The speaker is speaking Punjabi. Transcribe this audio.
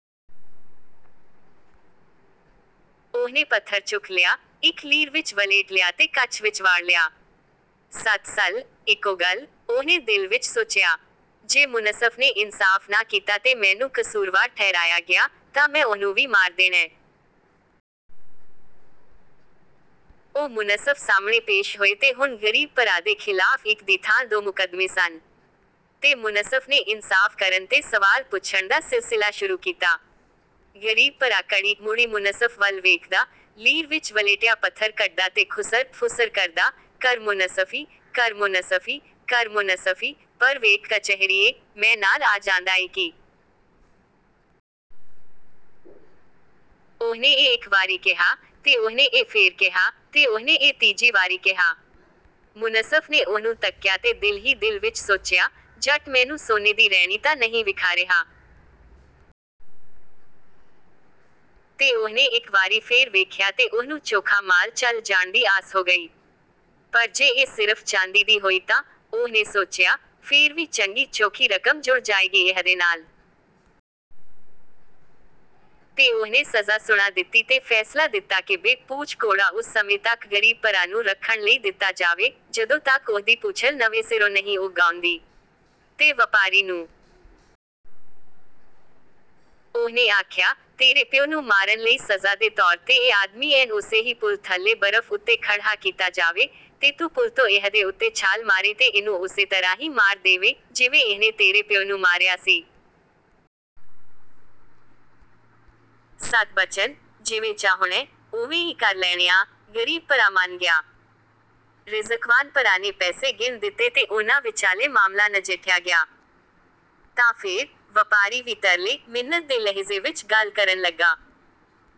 ਉਹਨੇ ਪੱਥਰ ਚੁੱਕ ਲਿਆ, ਇੱਕ ਲੀਰ ਵਿੱਚ ਵਲ੍ਹੇਟ ਲਿਆ ਤੇ ਕੱਛ ਵਿੱਚ ਵਾੜ ਲਿਆ। "ਸਤ ਸੱਲ, ਇਕੋ ਗੱਲ," ਉਹਨੇ ਦਿਲ ਵਿੱਚ ਸੋਚਿਆ। "ਜੇ ਮੁਨਸਫ਼ ਨੇ ਇਨਸਾਫ਼ ਨਾ ਕੀਤਾ ਤੇ ਮੈਨੂੰ ਕਸੂਰਵਾਰ ਠਹਿਰਾਇਆ ਗਿਆ, ਤਾਂ ਮੈਂ ਉਹਨੂੰ ਵੀ ਮਾਰ ਦੇਣੈ।" ਉਹ ਮੁਨਸਫ਼ ਸਾਹਮਣੇ ਪੇਸ਼ ਹੋਏ ਤੇ ਹੁਣ ਗ਼ਰੀਬ ਭਰਾ ਦੇ ਖ਼ਿਲਾਫ਼ ਇਕ ਦੀ ਥਾਂ ਦੋ ਮੁਕੱਦਮੇ ਸਨ। ਤੇ ਮੁਨਸਫ਼ ਨੇ ਇਨਸਾਫ਼ ਕਰਨ ਤੇ ਸਵਾਲ ਪੁੱਛਣ ਦਾ ਸਿਲਸਿਲਾ ਸ਼ੁਰੂ ਕੀਤਾ। ਗ਼ਰੀਬ ਭਰਾ ਘੜੀ-ਮੁੜੀ ਮੁਨਸਫ਼ ਵੱਲ ਵੇਖਦਾ, ਲੀਰ ਵਿੱਚ ਵਲ੍ਹੇਟਿਆ ਪੱਥਰ ਕੱਢਦਾ ਤੇ ਖੁਸਰ-ਫੁਸਰ ਕਰਦਾ, "ਕਰ ਮੁਨਸਫ਼ੀ, ਕਰ ਮੁਨਸਫ਼ੀ, ਕਰ ਮੁਨਸਫ਼ੀ, ਪਰ ਵੇਖ ਕਚਹਿਰੀਏ, ਮੈਂ ਨਾਲ ਅੱਜ ਆਂਦਾ ਏ ਕੀ!" ਉਹਨੇ ਇਹ ਇੱਕ ਵਾਰੀ ਕਿਹਾ, ਤੇ ਉਹਨੇ ਇਹ ਫੇਰ ਕਿਹਾ, ਤੇ ਉਹਨੇ ਇਹ ਤੀਜੀ ਵਾਰੀ ਕਿਹਾ। ਮੁਨਸਫ਼ ਨੇ ਉਹਨੂੰ ਤੱਕਿਆ ਤੇ ਦਿਲ ਹੀ ਦਿਲ ਵਿੱਚ ਸੋਚਿਆ, "ਜੱਟ ਮੈਨੂੰ ਸੋਨੇ ਦੀ ਰੈਣੀ ਤਾਂ ਨਹੀਂ ਵਿਖਾ ਰਿਹਾ?" ਤੇ ਉਹਨੇ ਇੱਕ ਵਾਰੀ ਫੇਰ ਵੇਖਿਆ ਤੇ ਉਹਨੂੰ ਚੋਖਾ ਮਾਲ ਝੱਲ ਜਾਣ ਦੀ ਆਸ ਹੋ ਗਈ। "ਪਰ ਜੇ ਇਹ ਸਿਰਫ਼ ਚਾਂਦੀ ਦੀ ਹੋਈ ਤਾਂ," ਉਹਨੇ ਸੋਚਿਆ, "ਫੇਰ ਵੀ ਚੰਗੀ-ਚੋਖੀ ਰਕਮ ਜੁੜ ਜਾਏਗੀ ਇਹਦੇ ਨਾਲ।" ਤੇ ਉਹਨੇ ਸਜ਼ਾ ਸੁਣਾ ਦਿੱਤੀ ਤੇ ਫ਼ੈਸਲਾ ਦਿੱਤਾ ਕਿ ਬੇ-ਪੂਛ ਘੋੜਾ ਉਸ ਸਮੇਂ ਤੱਕ ਗ਼ਰੀਬ ਭਰਾ ਨੂੰ ਰੱਖਣ ਲਈ ਦਿੱਤਾ ਜਾਵੇ, ਜਦੋਂ ਤੱਕ ਉਹਦੀ ਪੂਛਲ ਨਵੇਂ ਸਿਰੋਂ ਨਹੀਂ ਉੱਗ ਆਉਂਦੀ। ਤੇ ਵਪਾਰੀ ਨੂੰ ਉਹਨੇ ਆਖਿਆ, "ਤੇਰੇ ਪਿਉ ਨੂੰ ਮਾਰਨ ਲਈ ਸਜ਼ਾ ਦੇ ਤੌਰ 'ਤੇ ਇਹ ਆਦਮੀ ਐਨ ਓਸੇ ਹੀ ਪੁਲ ਥੱਲੇ ਬਰਫ਼ ਉੱਤੇ ਖੜ੍ਹਾ ਕੀਤਾ ਜਾਵੇ, ਤੇ ਤੂੰ ਪੁਲ ਤੋਂ ਇਹਦੇ ਉੱਤੇ ਛਾਲ ਮਾਰੇਂ ਤੇ ਇਹਨੂੰ ਉਸੇ ਤਰ੍ਹਾਂ ਹੀ ਮਾਰ ਦੇਵੇਂ, ਜਿਵੇਂ ਇਹਨੇ ਤੇਰੇ ਪਿਓ ਨੂੰ ਮਾਰਿਆ ਸੀ।" "ਸਤ ਬਚਨ, ਜਿਵੇਂ ਚਾਹੁਣੈ, ਉਵੇਂ ਈ ਕਰ ਲੈਣੇ ਆਂ," ਗ਼ਰੀਬ ਭਰਾ ਮੰਨ ਗਿਆ। ਰਿਜ਼ਕਵਾਨ ਭਰਾ ਨੇ ਪੈਸੇ ਗਿਣ ਦਿੱਤੇ ਤੇ ਉਹਨਾਂ ਵਿਚਾਲੇ ਮਾਮਲਾ ਨਜਿੱਠਿਆ ਗਿਆ। ਤਾਂ ਫੇਰ, ਵਪਾਰੀ ਵੀ ਤਰਲੇ-ਮਿੰਨਤ ਦੇ ਲਹਿਜ਼ੇ ਵਿੱਚ ਗੱਲ ਕਰਨ ਲੱਗਾ।